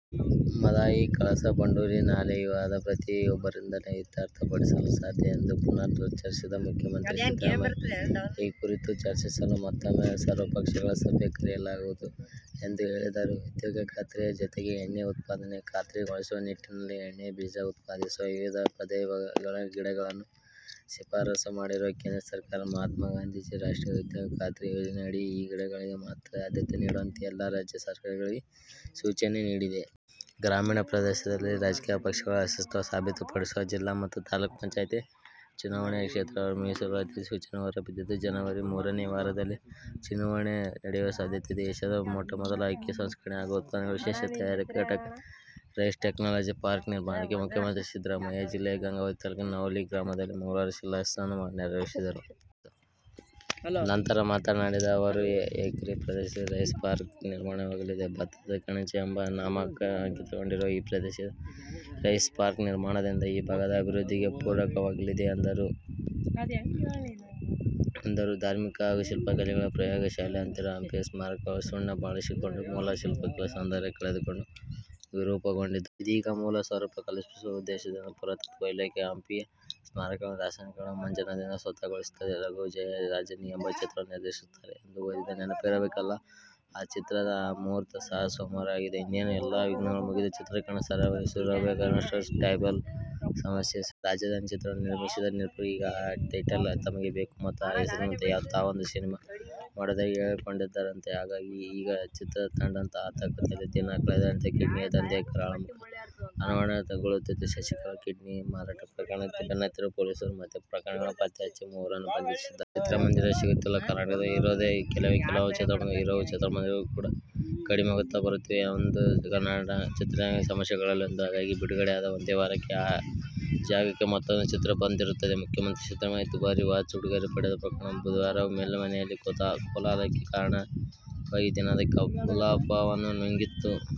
ಮಹದಾಯಿ, ಕಳಸಾ ಬಂಡೂರಿ ನಾಲೆ ವಿವಾದ ಪ್ರಧಾನಿಯೊಬ್ಬರಿಂದಲೇ ಇತ್ಯರ್ಥಪಡಿಸಲು ಸಾಧ್ಯ ಎಂದು ಪುನರುಚ್ಚರಿಸಿರುವ ಮುಖ್ಯಮಂತ್ರಿ ಸಿದ್ದರಾಮಯ್ಯ, ಈ ಕುರಿತು ಚರ್ಚಿಸಲು ಮತ್ತೂಮ್ಮೆ ಸರ್ವಪಕ್ಷಗಳ ಸಭೆ ಕರೆಯಲಾಗುವುದು ಎಂದು ಹೇಳಿದರು. ಉದ್ಯೋಗ ಖಾತರಿಯ ಜತೆಗೆ ಎಣ್ಣೆ ಉತ್ಪಾದನೆ ಖಾತರಿಗೊಳಿಸುವ ನಿಟ್ಟಿನಲ್ಲಿ ಎಣ್ಣೆ ಬೀಜ ಉತ್ಪಾದಿಸುವ ವಿವಿಧ ಪ್ರಬೇಧದ ಗಿಡಗಳನ್ನು ಶಿಫಾರಸು ಮಾಡಿರುವ ಕೇಂದ್ರ ಸರ್ಕಾರ, ಮಹಾತ್ಮಗಾಂಧಿ ರಾಷ್ಟ್ರೀಯ ಉದ್ಯೋಗ ಖಾತರಿ ಯೋಜನೆಯಡಿ ಈ ಗಿಡಗಳಿಗೆ ಮಾತ್ರ ಆದ್ಯತೆ ನೀಡುವಂತೆ ಎಲ್ಲ ರಾಜ್ಯ ಸರ್ಕಾರಗಳಿಗೆ ಸೂಚನೆ ನೀಡಿದೆ. ಗ್ರಾಮೀಣ ಪ್ರದೇಶದಲ್ಲಿ ರಾಜಕೀಯ ಪಕ್ಷಗಳ ಅಸ್ತಿತ್ವ ಸಾಬೀತುಪಡಿಸುವ ಜಿಲ್ಲಾ ಮತ್ತು ತಾಲೂಕು ಪಂಚಾಯಿತಿ ಚುನಾವಣೆಯ ಕ್ಷೇತ್ರವಾರು ಮೀಸಲು ಅಧಿಸೂಚನೆ ಹೊರಬಿದ್ದಿದ್ದು, ಜನವರಿ ಮೂರನೇ ವಾರದಲ್ಲಿ ಚುನಾವಣೆ ನಡೆಯುವ ಸಾಧ್ಯತೆಯಿದೆ. ಏಷಿಯಾದ ಮೊಟ್ಟ ಮೊದಲ ಅಕ್ಕಿ ಸಂಸ್ಕರಣೆ ಹಾಗೂ ಉತ್ಪನ್ನಗಳ ವಿಶೇಷ ತಯಾರಿಕಾ ಘಟಕ ರೈಸ್ ಟೆಕ್ನಾಲಜಿ ಪಾರ್ಕ್ ನಿರ್ಮಾಣಕ್ಕೆ ಮುಖ್ಯಮಂತ್ರಿ ಸಿದ್ದರಾಮಯ್ಯ ಜಿಲ್ಲೆಯ ಗಂಗಾವತಿ ತಾಲೂಕಿನ ನವಲಿ ಗ್ರಾಮದಲ್ಲಿ ಮಂಗಳವಾರ ಶಿಲಾನ್ಯಾಸ ನೆರವೇರಿಸಿದರು. ನಂತರ ಮಾತನಾಡಿದ ಅವರು, ಎಕರೆ ಪ್ರದೇಶದಲ್ಲಿ ರೈಸ್ ಪಾರ್ಕ್ ನಿರ್ಮಾಣವಾಗಲಿದೆ. ಭತ್ತದ ಕಣಜ ಎಂಬ ನಾಮಾಂಕಿತಗೊಂಡಿರುವ ಈ ಪ್ರದೇಶ ರೈಸ್ ಪಾರ್ಕ್ ನಿರ್ಮಾಣದಿಂದ ಈ ಭಾಗದ ಅಭಿವೃದ್ಧಿಗೆ ಪೂರಕವಾಗಲಿದೆ ಎಂದರು. ಧಾರ್ಮಿಕ ಹಾಗೂ ಶಿಲ್ಪಕಲೆಗಳ ಪ್ರಯೋಗ ಶಾಲೆಯಂತಿರುವ ಹಂಪಿಯ ಸ್ಮಾರಕಗಳು ಸುಣ್ಣ ಬಣ್ಣ ಬಳಿಸಿಕೊಂಡು ಮೂಲ ಶಿಲ್ಪಕಲಾ ಸೌಂದರ್ಯ ಕಳೆದುಕೊಂಡು ವಿರೂಪಗೊಂಡಿದ್ದವು. ಇದೀಗ ಮೂಲ ಸ್ವರೂಪ ಕಲ್ಪಿಸುವ ಉದ್ದೇಶದಿಂದ ಪುರಾತತ್ವ ಇಲಾಖೆ ಹಂಪಿಯ ಸ್ಮಾರಕಗಳನ್ನು ರಾಸಾಯನಿಕಗಳ ಮಜ್ಜನದಿಂದ ಸ್ವತ್ಛಗೊಳಿಸುತ್ತಿದೆ. ರಘು ಜಯ "ರಾಜಧಾನಿ ' ಎಂಬ ಚಿತ್ರವನ್ನು ನಿರ್ದೇಶಿಸುತ್ತಾರೆ ಎಂದು ಓದಿದ ನೆನಪಿರಬೇಕಲ್ಲಾ? ಆ ಚಿತ್ರದ ಮುಹೂರ್ತ ಸಹ ಸೋಮವಾರ ಆಗಿದೆ. ಇನ್ನೇನು ಎಲ್ಲಾ ವಿಘ್ನಗಳು ಮುಗಿದು, ಚಿತ್ರೀಕರಣ ಸರಾಗವಾಗಿ ಶುರುವಾಗಬೇಕು ಎನ್ನುವಷ್ಟರಲ್ಲಿ ಟೈಟಲ್ ಸಮಸ್ಯೆ ಶುರುವಾಗಿದೆ. "ರಾಜಧಾನಿ' ಚಿತ್ರವನ್ನು ನಿರ್ಮಿಸಿದ್ದ ನಿರ್ಮಾಪಕರು, ಈಗ ಆ ಟೈಟಲ್ ತಮಗೆ ಬೇಕು ಮತ್ತು ಆ ಹೆಸರಿನಲ್ಲಿ ತಾವೊಂದು ಸಿನಿಮಾ ಮಾಡುವುದಾಗಿ ಹೇಳಿಕೊಂಡಿದ್ದಾರಂತೆ. ಹಾಗಾಗಿ ಈಗ ಚಿತ್ರತಂಡ ಆತಂಕದಲ್ಲಿದೆ. ದಿನ ಕಳೆದಂತೆ ಕಿಡ್ನಿ ದಂಧೆಯ ಕರಾಳ ಮುಖ ಅನಾವರಣಗೊಳ್ಳುತ್ತಿದ್ದು, ಶಶಿಕಲಾ ಕಿಡ್ನಿ ಮಾರಾಟ ಪ್ರಕರಣದ ಬೆನ್ನತ್ತಿರುವ ಪೊಲೀಸರು ಮತ್ತೆ ಪ್ರಕರಣಗಳನ್ನು ಪತ್ತೆ ಹಚ್ಚಿ, ಮೂವರನ್ನು ಬಂಧಿಸಿದ್ದಾರೆ. ಚಿತ್ರಮಂದಿರ ಸಿಗುತ್ತಿಲ್ಲ, ಕರ್ನಾಟಕದಲ್ಲಿ ಇರೋದೇ ಕೆಲವೇ ಕೆಲವು ಚಿತ್ರಮಂದಿರಗಳು. ಇರುವ ಚಿತ್ರಮಂದಿರಗಳು ಕೂಡಾ ಕಡಿಮೆಯಾಗುತ್ತಾ ಬರುತ್ತಿವೆ ಎಂಬುದು ಸದ್ಯ ಕನ್ನಡ ಚಿತ್ರರಂಗದ ಸಮಸ್ಯೆಗಳಲ್ಲೊಂದು. ಹಾಗಾಗಿಯೇ ಬಿಡುಗಡೆಯಾದ ಒಂದೇ ವಾರಕ್ಕೆ ಆ ಜಾಗಕ್ಕೆ ಮತ್ತೂಂದು ಚಿತ್ರ ಬಂದಿರುತ್ತದೆ. ಮುಖ್ಯಮಂತ್ರಿ ಸಿದ್ದರಾಮಯ್ಯ ದುಬಾರಿ ವಾಚ್ ಉಡುಗೊರೆ ಪಡೆದ ಪ್ರಕರಣ ಬುಧವಾರವೂ ಮೇಲ್ಮನೆಯಲ್ಲಿ ಕೋಲಾಹಲಕ್ಕೆ ಕಾರಣವಾಗಿ ದಿನದ ಕಲಾಪವನ್ನು ನುಂಗಿಹಾಕಿತು.